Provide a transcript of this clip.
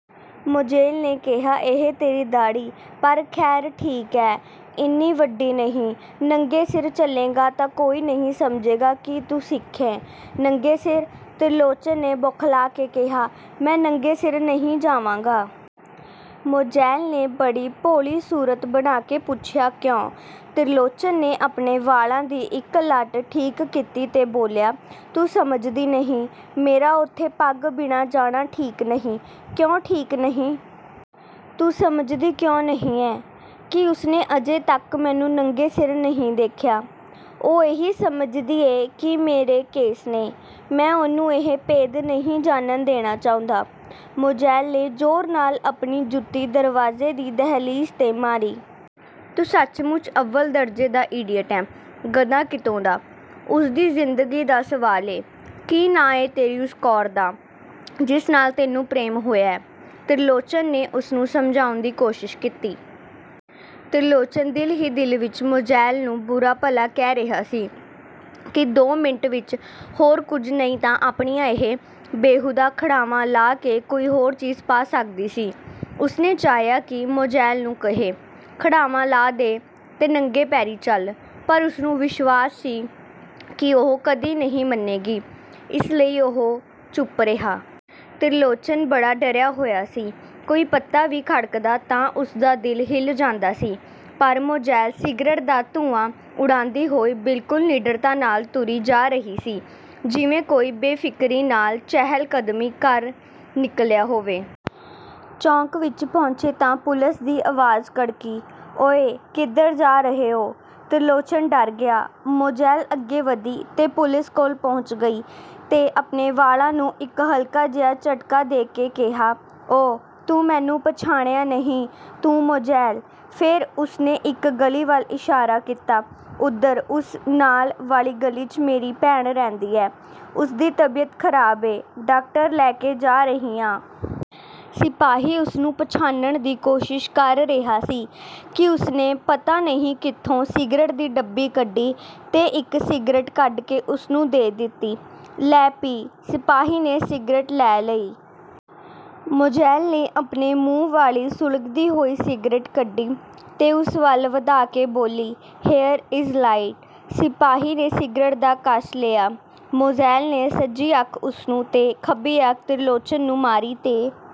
ਮੋਜ਼ੇਲ ਨੇ ਕਿਹਾ, ਇਹ ਤੇਰੀ ਦਾੜ੍ਹੀ। ਪਰ, ਖੈਰ ਠੀਕ ਐ। ਐਨੀ ਵੱਡੀ ਨਹੀਂ, ਨੰਗੇ ਸਿਰ ਚੱਲੇਂਗਾ ਤਾਂ ਕੋਈ ਨਹੀਂ ਸਮਝੇਗਾ ਕਿ ਤੂੰ ਸਿੱਖ ਏਂ। " "ਨੰਗੇ ਸਿਰ? " ਤਿਰਲੋਚਨ ਨੇ ਬੌਖਲਾ ਕੇ ਕਿਹਾ, "ਮੈਂ ਨੰਗੇ ਸਿਰ ਨਹੀਂ ਜਾਵਾਂਗਾ। " ਮੋਜ਼ੇਲ ਨੇ ਬੜੀ ਭੋਲੀ ਸੂਰਤ ਬਣਾ ਕੇ ਪੁੱਛਿਆ, "ਕਿਓਂ? " ਤਿਰਲੋਚਨ ਨੇ ਆਪਣੇ ਵਾਲਾਂ ਦੀ ਇਕ ਲਟ ਠੀਕ ਕੀਤੀ ਤੇ ਬੋਲਿਆ, "ਤੂੰ ਸਮਝਦੀ ਨਹੀਂ, ਮੇਰਾ ਉੱਥੇ ਪੱਗ ਬਿਨਾਂ ਜਾਣਾ ਠੀਕ ਨਹੀਂ। " "ਕਿਓਂ ਠੀਕ ਨਹੀਂ? " "ਤੂੰ ਸਮਝਦੀ ਕਿਓਂ ਨਹੀਂ ਏਂ ਕਿ ਉਸਨੇ ਅਜੇ ਤਕ ਮੈਨੂੰ ਨੰਗੇ ਸਿਰ ਨਹੀਂ ਦੇਖਿਆ। ਉਹ ਇਹੀ ਸਮਝਦੀ ਏ ਕਿ ਮੇਰੇ ਕੇਸ ਨੇ। ਮੈਂ ਉਸਨੂੰ ਇਹ ਭੇਦ ਨਹੀਂ ਜਾਣਨ ਦੇਣਾ ਚਾਹੁੰਦਾ। " ਮੋਜ਼ੇਲ ਨੇ ਜ਼ੋਰ ਨਾਲ ਆਪਣੀ ਜੁਤੀ ਦਰਵਾਜ਼ੇ ਦੀ ਦਹਿਲੀਜ਼ 'ਤੇ ਮਾਰੀ। "ਤੂੰ ਸੱਚਮੁੱਚ ਅਵੱਲ ਦਰਜੇ ਦਾ ਈਡੀਅਟ ਏਂ, ਗਧਾ ਕਿਤੋਂ ਦਾ! ਉਸਦੀ ਜ਼ਿੰਦਗੀ ਦਾ ਸਵਾਲ ਏ, ਕੀ ਨਾਂ ਏਂ ਤੇਰੀ ਉਸ ਕੌਰ ਦਾ, ਜਿਸ ਨਾਲ ਤੈਨੂੰ ਪ੍ਰੇਮ ਹੋਇਐ? " ਤਿਰਲੋਚਨ ਨੇ ਉਸਨੂੰ ਸਮਝਾਉਣ ਦੀ ਕੋਸ਼ਿਸ਼ ਕੀਤੀ। ਤਿਰਲੋਚਨ ਦਿਲ ਹੀ ਦਿਲ ਵਿਚ ਮੋਜ਼ੇਲ ਨੂੰ ਬੁਰਾ-ਭਲਾ ਕਹਿ ਰਿਹਾ ਸੀ ਕਿ ਦੋ ਮਿੰਟ ਵਿਚ ਹੋਰ ਕੁਝ ਨਹੀਂ ਤਾਂ ਆਪਣੀਆਂ ਇਹ ਬੇਹੂਦਾ ਖੜਾਵਾਂ ਲਾਹ ਕੇ ਕੋਈ ਹੋਰ ਚੀਜ਼ ਪਾ ਸਕਦੀ ਸੀ। ਉਸਨੇ ਚਾਹਿਆ ਕਿ ਮੋਜ਼ੇਲ ਨੂੰ ਕਹੇ, ਖੜਾਵਾਂ ਲਾਹ ਦੇ ਤੇ ਨੰਗੇ ਪੈਰੀਂ ਚੱਲ, ਪਰ ਉਸਨੂੰ ਵਿਸ਼ਵਾਸ ਸੀ ਕਿ ਉਹ ਕਦੀ ਨਹੀਂ ਮੰਨੇਗੀ, ਇਸ ਲਈ ਚੁੱਪ ਰਿਹਾ। ਤਿਰਲੋਚਨ ਬੜਾ ਡਰਿਆ ਹੋਇਆ ਸੀ, ਕੋਈ ਪੱਤਾ ਵੀ ਖੜਕਦਾ ਤਾਂ ਉਸਦਾ ਦਿਲ ਹਿੱਲ ਜਾਂਦਾ ਸੀ, ਪਰ ਮੋਜ਼ੇਲ ਸਿਗਰਟ ਦਾ ਧੂੰਆਂ ਉਡਾਉਂਦੀ ਹੋਈ ਬਿਲਕੁਲ ਨਿਡਰਤਾ ਨਾਲ ਤੁਰੀ ਜਾ ਰਹੀ ਸੀ, ਜਿਵੇਂ ਕੋਈ ਬੇਫ਼ਿਕਰੀ ਨਾਲ ਚਹਿਲ-ਕਦਮੀ ਕਰਨ ਨਿਕਲਿਆ ਹੋਵੇ। ਚੌਕ ਵਿਚ ਪਹੁੰਚੇ ਤਾਂ ਪੁਲਿਸ ਦੀ ਆਵਾਜ਼ ਕੜਕੀ, "ਓਇ, ਕਿੱਧਰ ਜਾ ਰਹੇ ਓਂ? " ਤਿਰਲੋਚਨ ਡਰ ਗਿਆ। ਮੋਜ਼ੇਲ ਅੱਗੇ ਵਧੀ ਤੇ ਪੁਲਿਸ ਕੋਲ ਪਹੁੰਚ ਗਈ ਤੇ ਆਪਣੇ ਵਾਲਾਂ ਨੂੰ ਇਕ ਹਲਕਾ-ਜਿਹਾ ਝਟਕਾ ਦੇ ਕੇ ਕਿਹਾ, "ਓ-ਤੂੰ ਮੈਨੂੰ ਪਛਾਣਿਆਂ ਨਹੀਂ ਤੂੰ ਮੋਜ਼ੇਲ " ਫੇਰ ਉਸਨੇ ਇਕ ਗਲੀ ਵੱਲ ਇਸ਼ਾਰਾ ਕੀਤਾ, "ਓਧਰ, ਉਸ ਨਾਲ ਵਾਲੀ ਗਲੀ 'ਚ ਮੇਰੀ ਭੈਣ ਰਹਿੰਦੀ ਐ, ਉਸਦੀ ਤਬੀਅਤ ਖਰਾਬ ਏ, ਡਾਕਟਰ ਲੈ ਕੇ ਜਾ ਰਹੀ ਆਂ। " ਸਿਪਾਹੀ ਉਸਨੂੰ ਪਛਾਣਨ ਦੀ ਕੋਸ਼ਿਸ਼ ਕਰ ਰਿਹਾ ਸੀ ਕਿ ਉਸਨੇ ਪਤਾ ਨਹੀਂ ਕਿੱਥੋਂ ਸਿਗਰਟ ਦੀ ਡੱਬੀ ਕੱਢੀ ਤੇ ਇਕ ਸਿਗਰਟ ਕੱਢ ਕੇ ਉਸਨੂੰ ਦੇ ਦਿੱਤੀ। "ਲੈ, ਪੀ! " ਸਿਪਾਹੀ ਨੇ ਸਿਗਰਟ ਲੈ ਲਈ। ਮੋਜ਼ੇਲ ਨੇ ਆਪਣੇ ਮੂੰਹ ਵਾਲੀ ਸੁਲਗਦੀ ਹੋਈ ਸਿਗਰਟ ਕੱਢੀ ਤੇ ਉਸ ਵੱਲ ਵਧਾ ਕੇ ਬੋਲੀ, "ਹੀਯਰ ਇਜ਼ ਲਾਈਟ। " ਸਿਪਾਹੀ ਨੇ ਸਿਗਰਟ ਦਾ ਕਸ਼ ਲਿਆ, ਮੋਜ਼ੇਲ ਨੇ ਸੱਜੀ ਅੱਖ ਉਸਨੂੰ ਤੇ ਖੱਬੀ ਅੱਖ ਤਿਰਲੋਚਨ ਨੂੰ ਮਾਰੀ ਤੇ